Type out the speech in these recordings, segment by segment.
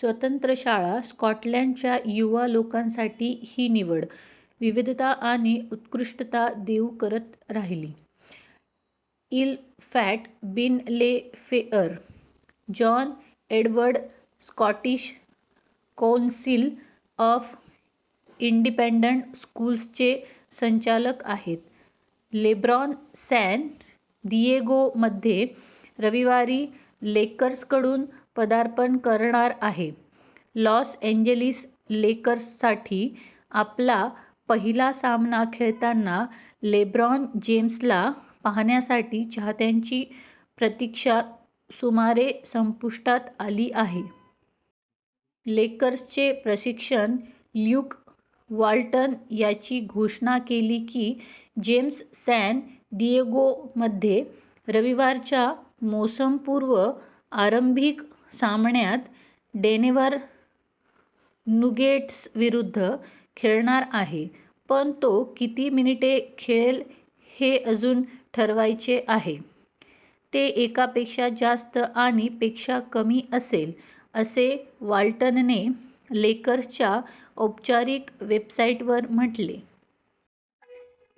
स्वतंत्र शाळा स्कॉटलंडच्या युवा लोकांसाठी ही निवड, विविधता आणि उत्कृष्टता देऊ करत राहील. इल फॉट बीन ले फेअर. John Edward Scottish council of independent स्कूल्सचे संचालक आहेत. लेब्रॉन सॅन दिएगोमध्ये रविवारी लेकर्सकडून पदार्पण करणार आहे लॉस एंजेलिस लेकर्ससाठी आपला पहिला सामना खेळताना लेब्रॉन जेम्सला पाहण्यासाठी चाहत्यांची प्रतीक्षा सुमारे संपुष्टात आली आहे. लेकर्सचे प्रशिक्षक ल्युक वाल्टन यांनी घोषणा केली की जेम्स सॅन दिएगोमध्ये रविवारच्या मोसमपूर्व आरंभिक सामन्यात डेनेव्हर नुगेट्सविरुद्ध खेळणार आहे. पण तो किती मिनिटे खेळेल हे अजून ठरवायचे आहे. "ते एकापेक्षा जास्त आणि पेक्षा कमी असेल," असे वाल्टनने लेकर्स"च्या औपचारिक वेबसाईटवर म्हटले.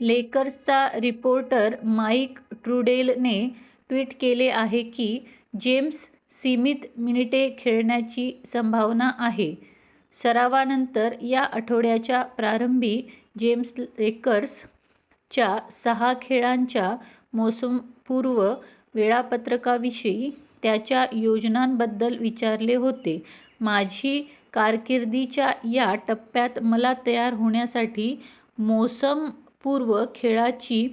लेकर्सचा रिपोर्टर माईक ट्रुडेलने ट्विट केले आहे की जेम्स सीमित मिनिटे खेळण्याची संभावना आहे. सरावानंतर या आठवड्याच्या प्रारंभी जेम्सला लेकर्स"च्या सहा खेळांच्या मोसमपूर्व वेळापत्रकाविषयी त्याच्या योजनांबद्दल विचारले होते. "माझी कारकीर्दीच्या या टप्प्यात मला तयार होण्यासाठी मोसमपूर्व खेळाची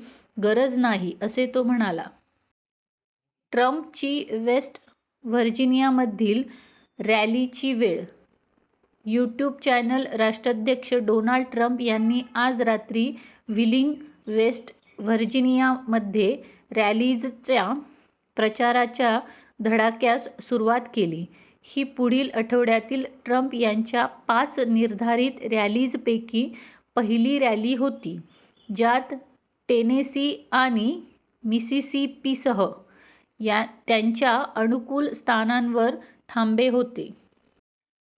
गरज नाही," असे तो म्हणाला. ट्रम्पची वेस्ट व्हर्जिनियामधील रॅलीची वेळ, यूट्यूब चॅनल राष्ट्राध्यक्ष डोनाल्ड ट्रम्प यांनी आज रात्री व्हीलिंग, वेस्ट व्हर्जिनियामध्ये रॅलीजच्या प्रचाराच्या धडाक्यास सुरुवात केली. ही पुढील आठवड्यातील ट्रम्प यांच्या पाच निर्धारित रॅलीजपैकी पहिली रॅली होती, ज्यात टेनेसी आणि मिसिसिपीसह त्यांच्या अनुकूल स्थानांवर थांबे होते.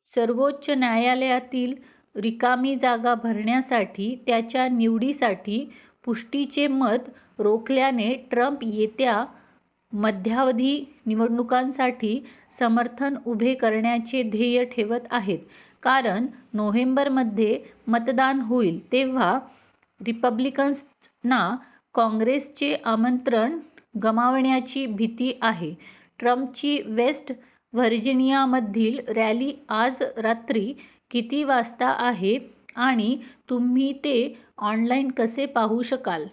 सर्वोच्च न्यायालयातील रिकामी जागा भरण्यासाठी त्याच्या निवडीसाठी पुष्टीचे मत रोखल्याने, ट्रम्प येत्या मध्यावधी निवडणुकांसाठी समर्थन उभे करण्याचे ध्येय ठेवत आहेत, कारण नोव्हेंबरमध्ये मतदान होईल तेव्हा रिपब्लिकन्सना कॉंग्रेसचे नियंत्रण गमाविण्याची भीती आहे. ट्रम्पची वेस्ट व्हर्जिनियामधील रॅली आज रात्री किती वाजता आहे आणि तुम्ही ते ऑनलाईन कसे पाहू शकाल?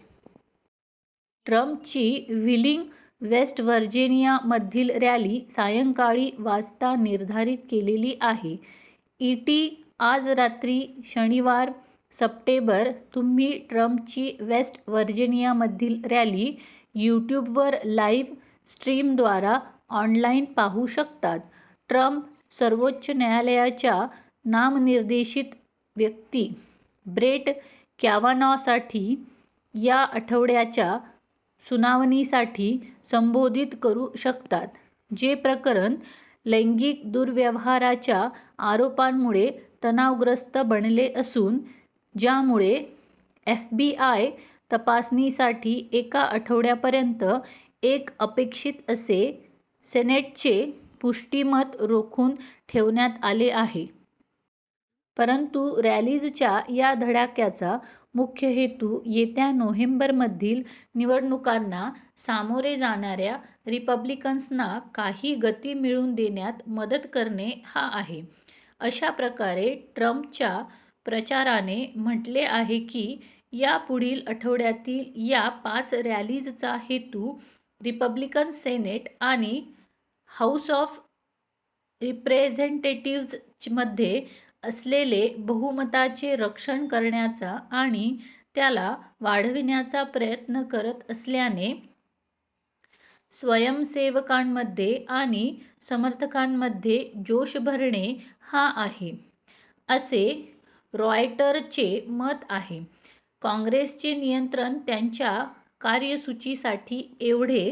ट्रम्पची व्हीलिंग, वेस्ट व्हर्जिनियामधील रॅली सायंकाळी वाजता निर्धारित केलेली आहे. ईटी आज रात्री, शनिवार, सप्टेंबर,. तुम्ही ट्रम्पची वेस्ट व्हर्जिनियामधील रॅली यूट्यूबवर लाइव्ह स्ट्रीमद्वारा ऑनलाईन पाहू शकता. ट्रम्प सर्वोच्च न्यायालयाच्या नामनिर्देशित व्यक्ती, ब्रेट कॅवानॉसाठी या आठवड्याच्या सुनावणीसाठी संबोधित करू शकतात, जे प्रकरण लैंगिक दुर्व्यवहाराच्या आरोपांमुळे तणावग्रस्त बनले असून, ज्यामुळे एफबीआय तपासणीसाठी एका आठवड्यापर्यंत एक अपेक्षित असे सेनेटचे पुष्टी मत रोखून ठेवण्यात आले आहे. परंतु रॅलीजच्या या धडक्यांचा मुख्य हेतू येत्या नोव्हेंबरमधील निवडणुकांना सामोरे जाणाऱ्या रिपब्लिकन्सना काही गति मिळवून देण्यात मदत करणे हा आहे. अशा प्रकारे, ट्रम्पच्या प्रचाराने म्हटले आहे की या पुढील आठवड्यातील या पाच रॅलीजचा हेतू "रिपब्लिकन्स सेनेट आणि हाऊस ऑफ रिप्रेझेंटेटिवजमध्ये असलेले बहुमताचे रक्षण करण्याचा आणि त्याला वाढविण्याचा प्रयत्न करत असल्याने, स्वयंसेवकांमध्ये आणि समर्थकांमध्ये जोश भरणे हा आहे," असे रॉयटरचे मत आहे. "कॉंग्रेसचे नियंत्रण त्यांच्या कार्यसूचीसाठी एवढे